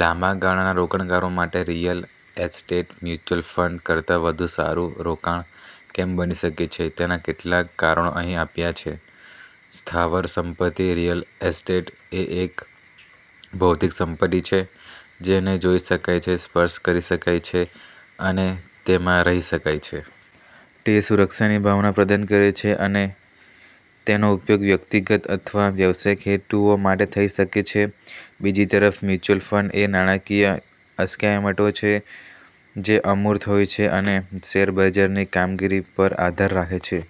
લાંબા ગાળાના રોકાણકારો માટે રિયલ એસ્ટેટ મ્યુચ્યુઅલ ફંડ્સ કરતાં વધુ સારું રોકાણ કેમ બની શકે છે તેનાં કેટલાક કારણો અહીં આપ્યાં છે: સ્થાવર સંપત્તિ: રિયલ એસ્ટેટ એ એક ભૌતિક સંપત્તિ છે જેને જોઈ શકાય છે, સ્પર્શ કરી શકાય છે અને તેમાં રહી શકાય છે. તે સુરક્ષાની ભાવના પ્રદાન કરે છે અને તેનો ઉપયોગ વ્યક્તિગત અથવા વ્યવસાયિક હેતુઓ માટે થઈ શકે છે. બીજી તરફ, મ્યુચ્યુઅલ ફંડ એ નાણાકીય અસ્કયામતો છે જે અમૂર્ત હોય છે અને શેરબજારની કામગીરી પર આધાર રાખે છે.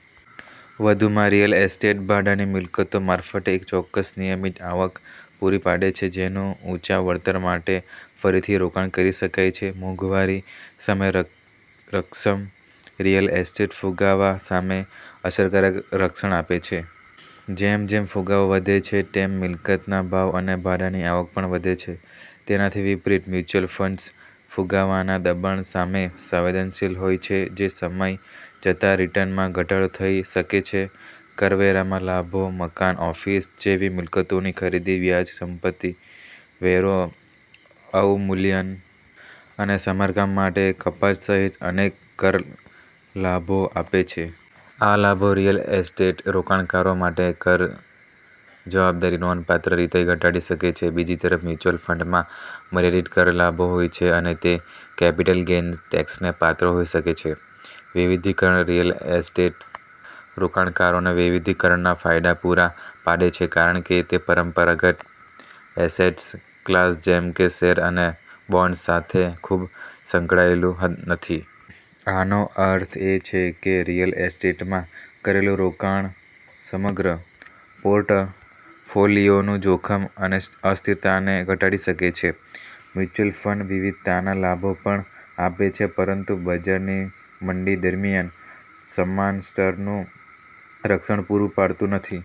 વધુમાં, રિયલ એસ્ટેટ ભાડાની મિલકતો મારફતે એક ચોક્કસ નિયમિત આવક પુરી પાડે છે, જેનું ઉંચા વળતર માટે ફરીથી રોકાણ કરી શકાય છે. મોંઘવારી સામે રક્ષમ: રિયલ એસ્ટેટ ફુગાવા સામે અસરકારક રક્ષણ આપે છે. જેમ જેમ ફુગાવો વધે છે, તેમ મિલકતના ભાવ અને ભાડાની આવક પણ વધે છે. તેનાથી વિપરીત, મ્યુચ્યુઅલ ફંડ્સ ફુગાવાના દબાણ સામે સંવેદનશીલ હોય છે, જે સમય જતાં રિટર્નમાં ઘટાડો થઇ શકે છે. કરવેરામાં લાભો: મકાન-ઓફિસ જેવી મિલકતોની ખરીદી વ્યાજ, સંપતિ વેરો, અવમૂલ્યન અને સમારકામ માટે કપાત સહિત અનેક કર લાભો આપે છે. આ લાભો રિયલ એસ્ટેટ રોકાણકારો માટે કર જવાબદારી નોંધપાત્ર રીતે ઘટાડી શકે છે. બીજી તરફ, મ્યુચ્યુઅલ ફંડમાં મર્યાદિત કર લાભો હોય છે અને તે કેપિટલ ગેઈન ટેક્સને પાત્ર હોઈ શકે છે. વૈવિધ્યકરણ: રિયલ એસ્ટેટ રોકાણકારોને વૈવિધ્યકરણના ફાયદા પૂરા પાડે છે, કારણ કે તે પરંપરાગત એસેટ્સ ક્લાસ જેમ કે શેર અને બોન્ડ્સ સાથે ખૂબ સંકળાયેલું નથી. આનો અર્થ એ છે કે રિયલ એસ્ટેટમાં કરેલું રોકાણ સમગ્ર પોર્ટફોલિયોનું જોખમ અને અસ્થિરતાને ઘટાડી શકે છે. મ્યુચ્યુઅલ ફંડ વિવિધતાના લાભો પણ આપે છે, પરંતુ બજારની મંદી દરમિયાન સમાન સ્તરનું રક્ષણ પૂરું પાડતું નથી.